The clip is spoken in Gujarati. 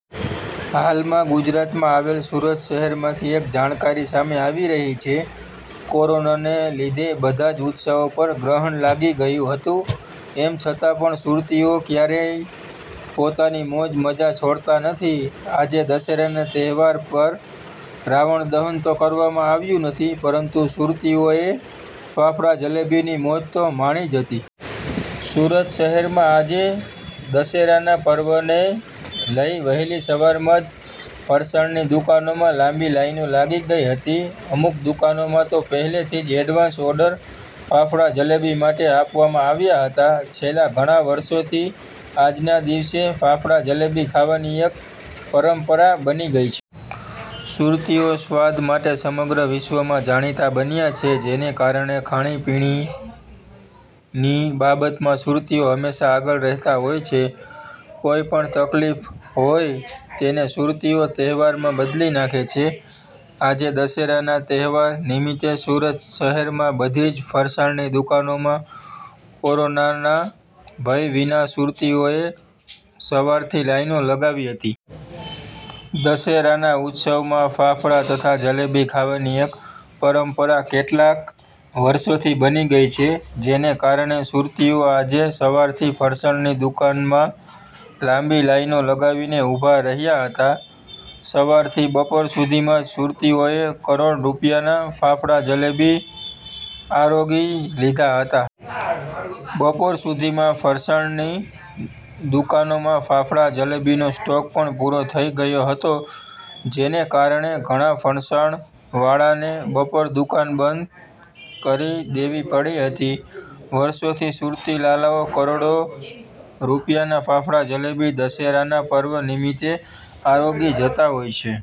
હાલમાં ગુજરાતમાં આવેલ સુરત શહેરમાંથી એક જાણકારી સામે આવી રહી છે. કોરોનાને લીધે બધાં જ ઉત્સવો પર ગ્રહણ લાગી ગયું હતું. એમ છતાં પણ સુરતીઓ કયારેય પોતાની મોજ-મજા છોડતા નથી. આજે દશેરાના તહેવાર પર રાવણ દહન તો કરવામાં આવ્યું નથી પરંતુ સુરતીઓએ ફાફડા-જલેબીની મોજ તો માણી જ હતી. સુરત શહેરમાં આજે દશેરાનાં પર્વને લઇ વહેલી સવારમાં જ ફરસાણની દુકાનોમાં લાંબી લાઈનો લાગી ગઇ હતી. અમુક દુકાનોમાં તો પહેલેથી એડવાન્સ ઓર્ડર ફાફડા-જલેબી માટે આપવામાં આવ્યા હતા. છેલ્લા ઘણાં વર્ષોથી આજના દિવસે ફાફડા-જલેબી ખાવાની એક પરંપરા બની ગઇ છે. સુરતીઓ સ્વાદ માટે સમગ્ર વિશ્વમાં જાણીતાં બન્યાં છે. જેને કારણે ખાણી-પીણીની બાબતમાં સુરતીઓ હમેશા આગળ રહેતાં હોય છે. કોઇપણ તકલીફ હોય તેને સુરતીઓ તહેવારમાં બદલી નાખે છે. આજે દશેરાના તહેવાર નિમિતે સુરત શહેરમાં બધી જ ફરસાણની દુકાનોમાં કોરોનાના ભય વિના સુરતીઓએ સવારથી લાઇનો લગાવી હતી. દશેરાના ઉત્સવમાં ફાફડા તથા જલેબી ખાવાની એક પરંપરા કેટલાંક વર્ષોથી બની ગઇ છે. જેને કારણે સુરતીઓ આજે સવારથી ફરસાણની દુકાનમાં લાંબી લાઇનો લગાવીને ઉભા રહ્યાં હતા. સવારથી બપોર સુધીમાં જ સુરતીઓએ કરોડો રૂપિયાના ફાફડા-જલેબી આરોગી લીધા હતા. બપોર સુધીમાં ફરસાણની દુકાનોમાં ફાફડા-જલેબીનો સ્ટોક પણ પુરો થઇ ગયો હતો. જેને કારણે ઘણાં ફરસાણવાળાને બપોરે દુકાન બંધ કરી દેવી પડી હતી. વર્ષોથી સુરતી લાલાઓ કરોડો રૂપિયાના ફાફડા-જલેબી દશેરાનાં પર્વ નિમિત્તે આરોગી જતાં હોય છે.